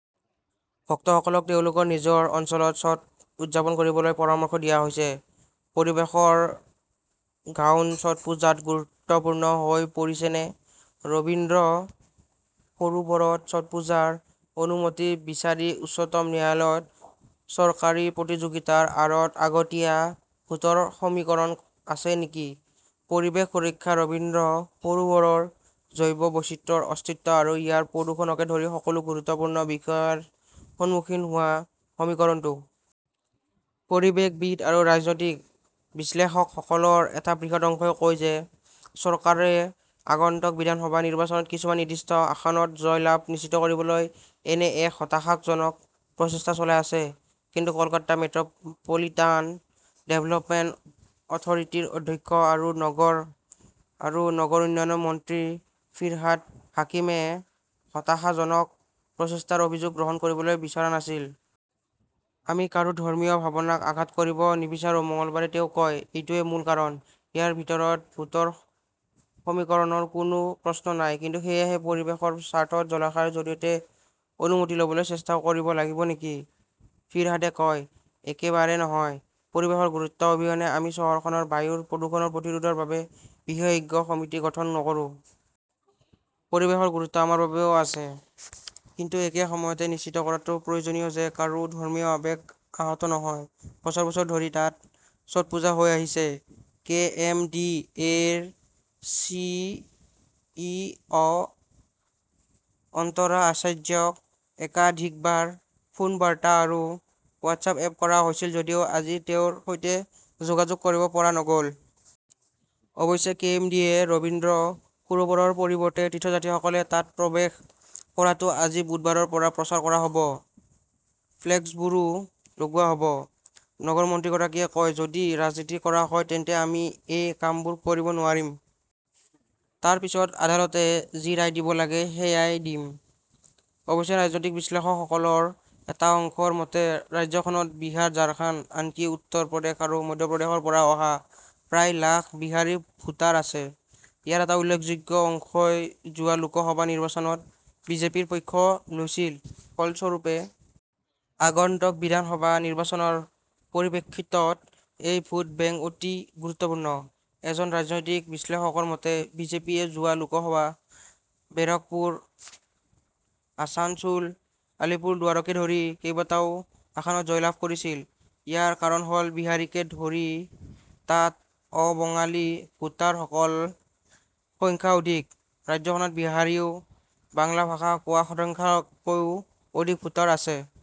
ভক্তসকলক তেওঁলোকৰ নিজৰ অঞ্চলত ছট উদযাপন কৰিবলৈ পৰামৰ্শ দিয়া হৈছে। পৰিৱেশৰ গাউন, ছটপুজাত গুৰুত্বপূৰ্ণ হৈ পৰিছেনে? ৰবীন্দ্ৰ সৰোবৰত ছটপুজাৰ অনুমতি বিচাৰি উচ্চতম ন্যায়ালয়ত চৰকাৰী প্ৰতিযোগিতাৰ আঁৰত আগতীয়া ভোটৰ সমীকৰণ আছে নেকি? পৰিৱেশ সুৰক্ষা, ৰবীন্দ্ৰ সৰোবৰৰ জৈৱ -বৈচিত্ৰ্যৰ অস্তিত্ব আৰু ইয়াৰ প্ৰদূষণকে ধৰি সকলো গুৰুত্বপূৰ্ণ বিষয়ৰ সন্মুখীন হোৱা সমীকৰণটো? পৰিৱেশবিদ আৰু ৰাজনৈতিক বিশ্লেষকসকলৰ এটা বৃহৎ অংশই কয় যে চৰকাৰে আগন্তুক বিধানসভা নিৰ্বাচনত কিছুমান নিৰ্দিষ্ট আসনত জয়লাভ নিশ্চিত কৰিবলৈ এনে এক হতাশাজনক প্ৰচেষ্টা চলাই আছে। কিন্তু কলকাতা মেট্ৰ পলিটান ডেভেলপমেণ্ট অথৰিটিৰ অধ্যক্ষ আৰু নগৰ আৰু নগৰ উন্নয়ন মন্ত্ৰী ফিৰহাদ হাকিমে হতাশাজনক প্ৰচেষ্টাৰ অভিযোগ গ্ৰহণ কৰিবলৈ বিচৰা নাছিল। আমি কাৰো ধৰ্মীয় ভাৱনাক আঘাত কৰিব নিবিচাৰো মঙলবাৰে তেওঁ কয়, এইটোৱেই মূল কাৰণ। ইয়াৰ ভিতৰত ভোটৰ সমীকৰণৰ কোনো প্ৰশ্ন নাই। কিন্তু সেয়েহে, পৰিৱেশৰ স্বাৰ্থত জলাশয়ৰ জৰিয়তে অনুমতি ল'বলৈ চেষ্টা কৰিব লাগিব নেকি? ফিৰহাদে কয়, একেবাৰে নহয়, পৰিৱেশৰ গুৰুত্ব অবিহনে আমি চহৰখনৰ বায়ু প্ৰদূষণ প্ৰতিৰোধৰ বাবে বিশেষজ্ঞ সমিতি গঠন নকৰো। পৰিৱেশৰ গুৰুত্ব আমাৰ বাবেও আছে। কিন্তু একে সময়তে নিশ্চিত কৰাটোও প্ৰয়োজনীয় যে কাৰো ধৰ্মীয় আৱেগ আহত নহয়। বছৰ- বছৰ ধৰি তাত ছটপুজা হৈ আহিছে। কে. এম.ডি.এ.ৰ চি.ই. অ অন্তৰা আচাৰ্যক একাধিকবাৰ ফোন বাৰ্তা আৰু হোৱাটছআপ কৰা হৈছিল যদিও আজি তেওঁৰ সৈতে যোগাযোগ কৰিব পৰা নগ 'ল। অৱশ্যে K M D A Rabindra সৰোবৰৰ পৰিৱৰ্তে তীৰ্থযাত্ৰীসকলে তাত প্ৰৱেশ কৰাটো আজি বুধবাৰৰ পৰা প্ৰচাৰ কৰা হ 'ব। ফ্লেক্সবোৰো লগোৱা হ'ব। নগৰ মন্ত্ৰীগৰাকীয়ে কয়, যদি ৰাজনীতি কৰা হয় তেন্তে আমি এই কামবোৰ কৰিব নোৱাৰিম। তাৰ পিছত আদালতে যি ৰায় দিব লাগে সেয়া দিব। অৱশ্যে ৰাজনৈতিক বিশ্লেষকসকলৰ এটা অংশৰ মতে, ৰাজ্যখনত বিহাৰ, ঝাৰখণ্ড, আনকি উত্তৰ প্ৰদেশ আৰু মধ্যপ্ৰদেশৰ পৰা অহা প্ৰায় লাখ বিহাৰী ভোটাৰ আছে। ইয়াৰ এটা উল্লেখযোগ্য অংশই যোৱা লোকসভা নিৰ্বাচনত বিজেপিৰ পক্ষ লৈছিল ।ফলস্বৰূপে আগন্তুক বিধানসভা নিৰ্বাচনৰ পৰিপ্ৰেক্ষিতত এই ভোট বেংক অতি গুৰুত্বপূৰ্ণ। এজন ৰাজনৈতিক বিশ্লেষকৰ মতে, বিজেপিয়ে যোৱা লোকসভাত বেৰাকপুৰ, আছানছোল, আলিপুৰদুৱাৰকে ধৰি কেইবাটাও আসনত জয়লাভ কৰিছিল। ইয়াৰ কাৰণ হ'ল বিহাৰীকে ধৰি তাত অ-বঙালী ভোটাৰসকলৰ সংখ্যা অধিক। ৰাজ্যখনত বিহাৰীসহ অ-বাংলা ভাষা কোৱা শতাংশতকৈও অধিক ভোটাৰ আছে।